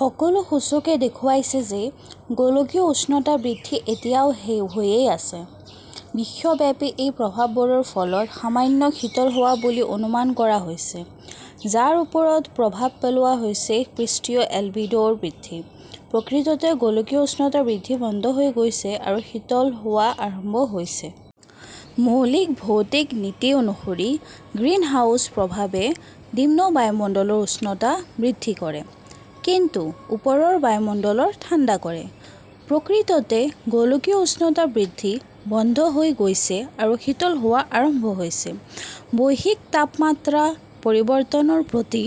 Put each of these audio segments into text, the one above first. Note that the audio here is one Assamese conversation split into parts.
সকলো সূচকে দেখুৱাইছে যে গোলকীয় উষ্ণতা বৃদ্ধি এতিয়াও হৈয়েই আছে। বিশ্বব্যাপী, এই প্ৰভাৱবোৰৰ ফলত সামান্য শীতল হোৱা বুলি অনুমান কৰা হৈছে, যাৰ ওপৰত প্ৰভাৱ পেলোৱা হৈছে পৃষ্ঠীয় এলবিডোৰ বৃদ্ধি। "প্ৰকৃততে গোলকীয় উষ্ণতা বৃদ্ধি বন্ধ হৈ গৈছে আৰু শীতল হোৱা আৰম্ভ হৈছে। মৌলিক ভৌতিক নীতি অনুসৰি, গ্ৰীণহাউছ প্ৰভাৱে নিম্ন বায়ুমণ্ডলৰ উষ্ণতা বৃদ্ধি কৰে, কিন্তু ওপৰৰ বায়ুমণ্ডলৰ ঠাণ্ডা কৰে। "প্ৰকৃততে গোলকীয় উষ্ণতা বৃদ্ধি বন্ধ হৈ গৈছে আৰু শীতল হোৱা আৰম্ভ হৈছে। বৈশ্বিক তাপমাত্ৰা পৰিৱৰ্তনৰ প্ৰতি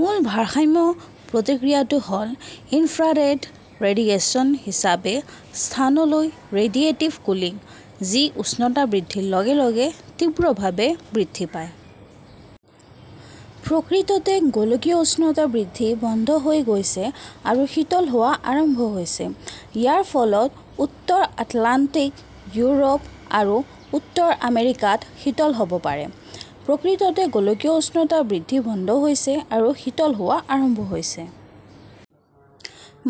মূল ভাৰসাম্য প্ৰতিক্ৰিয়াটো হ "ল ইনফ্ৰাৰেড ৰেডিয়েশ্যন হিচাপে স্থানলৈ ৰেডিয়েটিভ কুলিং, যি উষ্ণতা বৃদ্ধিৰ লগে লগে তীব্ৰভাৱে বৃদ্ধি পায়। "প্ৰকৃততে গোলকীয় উষ্ণতা বৃদ্ধি বন্ধ হৈ গৈছে আৰু শীতল হোৱা আৰম্ভ হৈছে। ইয়াৰ ফলত উত্তৰ আটলাণ্টিক, ইউৰোপ আৰু উত্তৰ আমেৰিকাত শীতল হ "ব পাৰে। "প্ৰকৃততে গোলকীয় উষ্ণতা বৃদ্ধি বন্ধ হৈ গৈছে আৰু শীতল হোৱা আৰম্ভ হৈছে।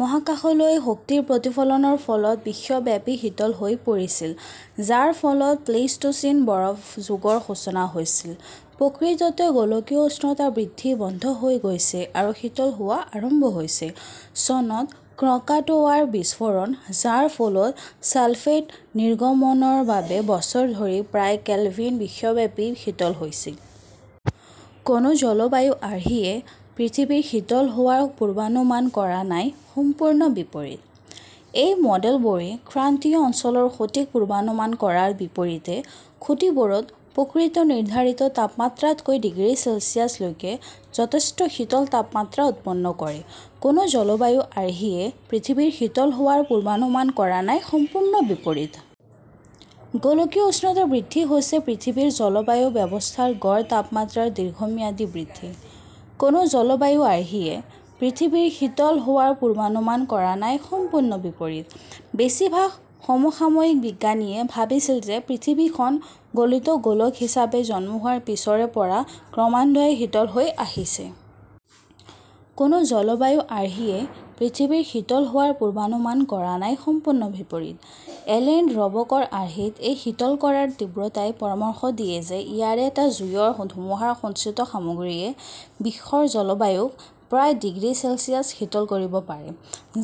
মহাকাশলৈ শক্তিৰ প্ৰতিফলনৰ ফলত বিশ্বব্যাপী শীতল হৈ পৰিছিল, যাৰ ফলত প্লেইষ্টোচিন বৰফ যুগৰ সূচনা হৈছিল। "প্ৰকৃততে গোলকীয় উষ্ণতা বৃদ্ধি বন্ধ হৈ গৈছে আৰু শীতল হোৱা আৰম্ভ হৈছে। চনত ক্ৰাকাটোৱাৰ বিস্ফোৰণ, যাৰ ফলত ছালফেট নিৰ্গমনৰ বাবে বছৰ ধৰি প্ৰায় কেলভিন বিশ্বব্যাপী শীতল হৈছিল। কোনো জলবায়ু আৰ্হিয়ে পৃথিৱীৰ শীতল হোৱাৰ পূৰ্বানুমান কৰা নাই-সম্পূৰ্ণ বিপৰীত। এই মডেলবোৰে ক্ৰান্তীয় অঞ্চলৰ সঠিক পূৰ্বানুমান কৰাৰ বিপৰীতে, খুঁটিবোৰত প্ৰকৃত নিৰ্ধাৰিত তাপমাত্ৰাতকৈ ডিগ্ৰী চেলছিয়াছ লৈকে যথেষ্ট শীতল তাপমাত্ৰা উৎপন্ন কৰে। কোনো জলবায়ু আৰ্হিয়ে পৃথিৱীৰ শীতল হোৱাৰ পূৰ্বানুমান কৰা নাই-সম্পূৰ্ণ বিপৰীত। গোলকীয় উষ্ণতা বৃদ্ধি হৈছে পৃথিৱীৰ জলবায়ু ব্যৱস্থাৰ গড় তাপমাত্ৰাৰ দীৰ্ঘম্যাদী বৃদ্ধি। কোনো জলবায়ু আৰ্হিয়ে পৃথিৱীৰ শীতল হোৱাৰ পূৰ্বানুমান কৰা নাই-সম্পূৰ্ণ বিপৰীত। বেছিভাগ সমসাময়িক বিজ্ঞানীয়ে ভাবিছিল যে পৃথিৱীখন গলিত গোলক হিচাপে জন্ম হোৱাৰ পিছৰে পৰা ক্ৰমান্বয়ে শীতল হৈ আহিছে। কোনো জলবায়ু আৰ্হিয়ে পৃথিৱীৰ শীতল হোৱাৰ পূৰ্বানুমান কৰা নাই-সম্পূৰ্ণ বিপৰীত। এলেন ৰব 'কৰ আৰ্হিত এই শীতল কৰাৰ তীব্ৰতাই পৰামৰ্শ দিয়ে যে ইয়াৰে টা জুইৰ ধুমুহাৰ সঞ্চিত সামগ্ৰীয়ে বিশ্বৰ জলবায়ুক প্ৰায় ডিগ্ৰী চেলছিয়াছ শীতল কৰিব পাৰে,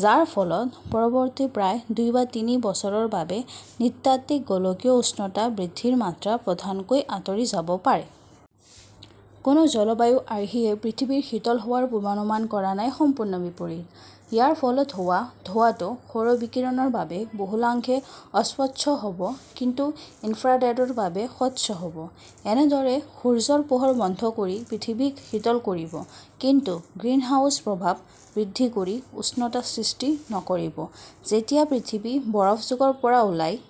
যাৰ ফলত পৰৱৰ্তী প্ৰায় দুই বা তিনি বছৰৰ বাবে নৃতাত্ত্বিক গোলকীয় উষ্ণতা বৃদ্ধিৰ মাত্ৰা প্ৰধানকৈ আঁতৰি যাব পাৰে। কোনো জলবায়ু আৰ্হিয়ে পৃথিৱীৰ শীতল হোৱাৰ পূৰ্বানুমান কৰা নাই-সম্পূৰ্ণ বিপৰীত। ইয়াৰ ফলত হোৱা ধোঁৱাটো সৌৰ বিকিৰণৰ বাবে বহুলাংশে অস্বচ্ছ হ 'ব কিন্তু ইনফ্ৰাৰেডৰ বাবে স্বচ্ছ হ' ব, এনেদৰে সূৰ্য্যৰ পোহৰ বন্ধ কৰি পৃথিৱীক শীতল কৰিব, কিন্তু গ্ৰীণহাউছ প্ৰভাৱ বৃদ্ধি কৰি উষ্ণতা সৃষ্টি নকৰিব। যেতিয়া পৃথিৱী বৰফ যুগৰ পৰা ওলাই